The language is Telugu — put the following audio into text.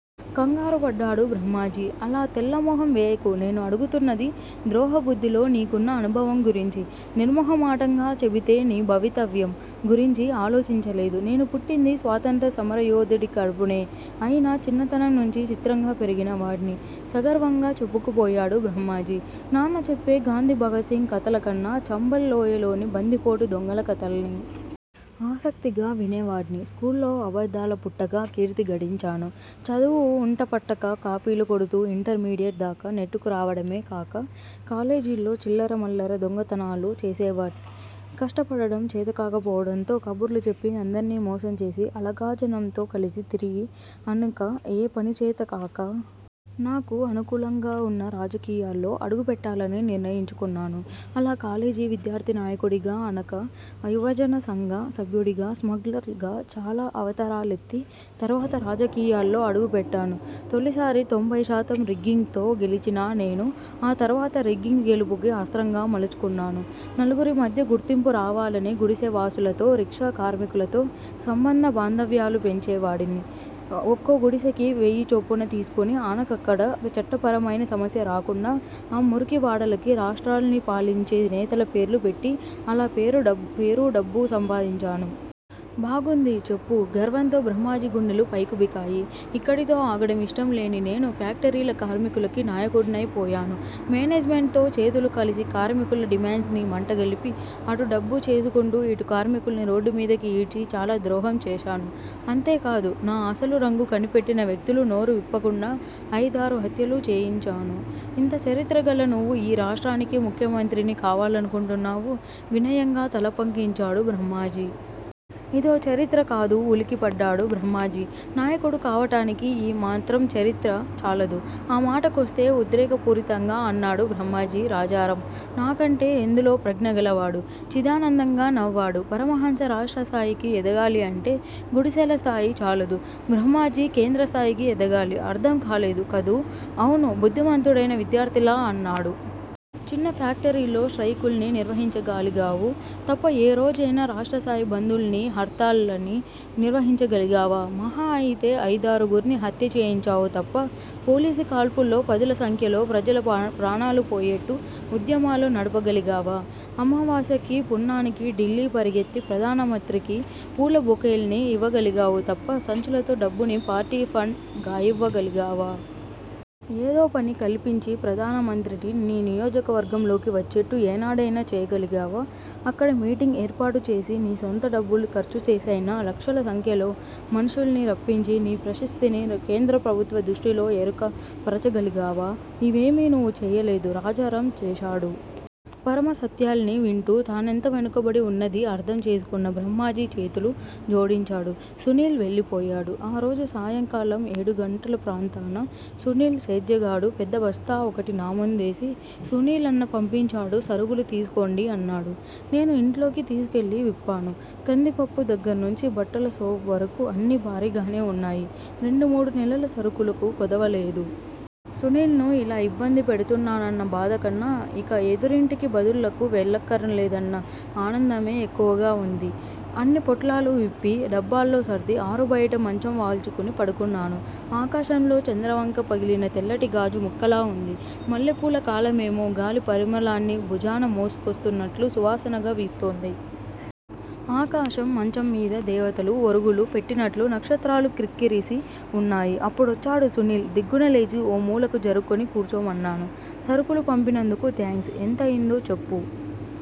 కంగారుపడ్డాడు బ్రహ్మాజీ. అలాతెల్లమొహంవేయకు నేను అడుగుతున్నది ద్రోహ బుద్దిలో నీకున్న అనుభవంగురించి నిర్మొహమాటంగాచెబితే నీభవితవ్యం గురించి ఆలోచించలేదు నేనుపుట్టింది స్వాతంత్ర్యసమరయోధుడి కడుపునే అయినా చిన్నతనంనుంచి చిత్రంగా పెరిగినవాడ్ని సగర్వంగా చెప్పుకు పోయాడు బ్రహ్మాజీ, నాన్న చెప్పే గాంధిభగత్ సింగ్ కథలకన్నా చంబల్ లోయలోని బందిపోటు దొంగలకథల్ని ఆసక్తిగా వినేవాడ్ని స్కూల్లో అబద్దాల పుట్టగా కీర్తి గడించాను చదువువంటపట్టక కాపీలు కొడుతూ ఇంటర్ మీడియెట్ దాకా నెట్టుకురావడమే కాక కాలేజీల్లో చిల్లరమల్లర దొంగతనాలూ చేసేవాడ్ని కష్టపడడం చేతకాకపోవడంతో కబుర్లు చెప్పి అందర్నీ మోసం చేసి అలగాజనంతో కలిసి తిరిగి అనక ఏ పనిచేత కాక నాకు అనుకూలంగావున్న రాజకీయాల్లో అడుగు పెట్టాలని నిర్ణయించుకున్నాను అలా కాలేజీ విద్యార్ధినాయకుడిగా ఆనక యువజనసంఘ సభ్యుడిగా స్మగ్లర్ గా చాలా అవతారాలెత్తి, తర్వాత రాజకీయాల్లో అడుగు పెట్టాను తొలిసారి తొంభైశాతం రిగ్గింగ్ తో గెలిచినా నేను ఆ తర్వాత రిగ్గింగ్ గెలుపుకి అస్త్రంగా మలచుకున్నాను, నలుగురి మధ్యగుర్తింపు రావాలని గుడిసెవాసులతో, రిక్షా కార్మికులతో సంబంధ బాంధవ్యాలు పెంచే వాడిని ఒక్కో గుడిసెకి వెయ్యి చొప్పున తీసుకుని ఆనకక్కడ చట్టపరమైన సమస్య రాకుండా ఆ మురికివాడలకి రాష్ట్రాల్నిపాలించే నేతలపేర్లు పెట్టి అలా పేరు పేరూడబ్బూ సంపాదించాను. బాగుంది చెప్పు గర్వంతో బ్రహ్మాజీగుండెలు పైకుబికాయి ఇక్కడితో ఆగడం యిష్టంలేనినేను ఫ్యాక్టరీల కార్మికులకి నాయకుడ్నయిపోయాను మేనేజ్ మెంట్ తో చేతులు కలిసికార్మికుల డిమాండ్స్ ని మంటగలిపి అటుడబ్బు చేసుకుంటూ ఇటు కార్మికుల్ని రోడ్డుమీదకి ఈడ్చి చాలా ద్రోహం చేశాను. అంతేకాదు, నా అసలు రంగు కనిపెట్టినవ్యక్తులు నోరు విప్పకుండా అయిదారు హత్యలూచేయించాను ఇంతచరిత్ర గల నువ్వు యీ రాష్ట్రానికే ముఖ్యమంత్రిని కావాలనుకుంటున్నావు వినయంగా తలపంకించాడు బ్రహ్మాజీ. ఇదోచరిత్ర కాదు ఉలికిపడ్డాడు బ్రహ్మాజీ నాయకుడుకావటానికి యీ మాత్రంచరిత్ర చాలదు, ఆమాటకొస్తే ఉద్రేకపూరితంగా అన్నాడు బ్రహ్మాజీ రాజారాం నాకంటే ఎందులో ప్రజ్ఞ గలవాడు చిదానందంగా నవ్వాడు పరమహంస రాష్ట్రస్థాయికి ఎదగాలి అంటే గుడిసెల స్థాయిచాలదు బ్రహ్మాజీ కేంద్రస్థాయికి ఎదగాలి. అర్ధం కాలేదు కదూ అవును బుద్దిమంతుడైన విద్యార్ధిలా అన్నాడు. చిన్న ఫేక్టరీల్లో స్ట్రయికుల్ని నిర్వహించగాలిగావు తప్ప ఏ రోజయినా రాష్ట్రస్థాయి బందుల్నీ, హర్తాళ్ళని నిర్వహించగలిగావా మహా అయితే అయిదారుగుర్ని హత్యచేయించావు తప్ప పోలీసు కాల్పుల్లో పదుల సంఖ్యలో ప్రజల ప్రాణాలు పోయేట్టు ఉద్యమాలు నడపగలిగావా? అమావాస్యకి పున్నానికి ఢిల్లీ పరిగెత్తి ప్రధానమత్రికి పూలబొకేల్ని యివ్వగలిగావు తప్ప సంచులతో డబ్బుని పార్టీ ఫండ్ గాయివ్వగలిగావా? ఏదో పని కల్పించి ప్రధాన మంత్రిని నీ నియోజకవర్గంలోకి వచ్చేట్టు ఏనాడైనా చేయగలిగావా అక్కడ మీటింగ్ ఏర్పాటు చేసి నీ సొంత డబ్బులు ఖర్చుచేసైనా లక్షల సంఖ్యలో మనుష్యుల్ని రప్పించి నీ ప్రశస్తిని కేంద్రప్రభుత్వ దృష్టిలో ఎరుక పరచగలిగావా ఇవేమీ నువ్వు చెయ్యలేదు. రాజారాం చేశాడు. పరమసత్యాల్ని వింటూ తానెంత వెనుకబడి వున్నదీఅర్ధం చేసుకున్న బ్రహ్మాజీ చేతులు జోడించాడు. సునీల్ వెళ్ళిపోయాడు. ఆరోజు సాయంకాలం ఏడుగంటల ప్రాంతాన సునీల్ సేద్యగాడు పెద్దబస్తా ఒకటి నాముందేసి సునీలన్న పంపించాడు సరుకులు తీసుకోండి అన్నాడు. నేను ఇంట్లోకి తీసుకెళ్ళి విప్పాను. కందిపప్పు దగ్గర్నుంచి, బట్టల సోప్ వరకు అన్నీ భారీగానే వున్నాయి రెండు మూడు నెలల సరుకులకు కొదవలేదు. సునీల్ ను ఇలా ఇబ్బంది పెడుతున్నానన్న బాధ కన్నా ఇక ఎదురింటికి బదుళ్ళకు వెళ్ళక్కరలేదన్న ఆనందమే ఎక్కువగా వుంది. అన్ని పొట్లాలు విప్పి, డబ్బాల్లో సర్ది ఆరుబయట మంచం వాల్చుకుని పడుకున్నాను. ఆకాశంలో చంద్రవంక పగిలిన తెల్లటిగాజు ముక్కలా వుంది. మల్లెపూల కాలమేమో గాలి పరిమళాన్ని భుజాన మోసుకొస్తున్నట్లు సువాసనగా వీస్తోంది. ఆకాశం మంచంమీద దేవతలు ఒరుగులు పెట్టినట్లు నక్షత్రాలు క్రిక్కిరిసి వున్నాయి. అప్పుడొచ్చాడు సునీల్, దిగ్గునలేచి ఓమూలకు జరుక్కొని కూర్చోమన్నాను. సరుకులు పంపినందుకు థ్యాంక్స్ ఎంతయిందో చెప్పు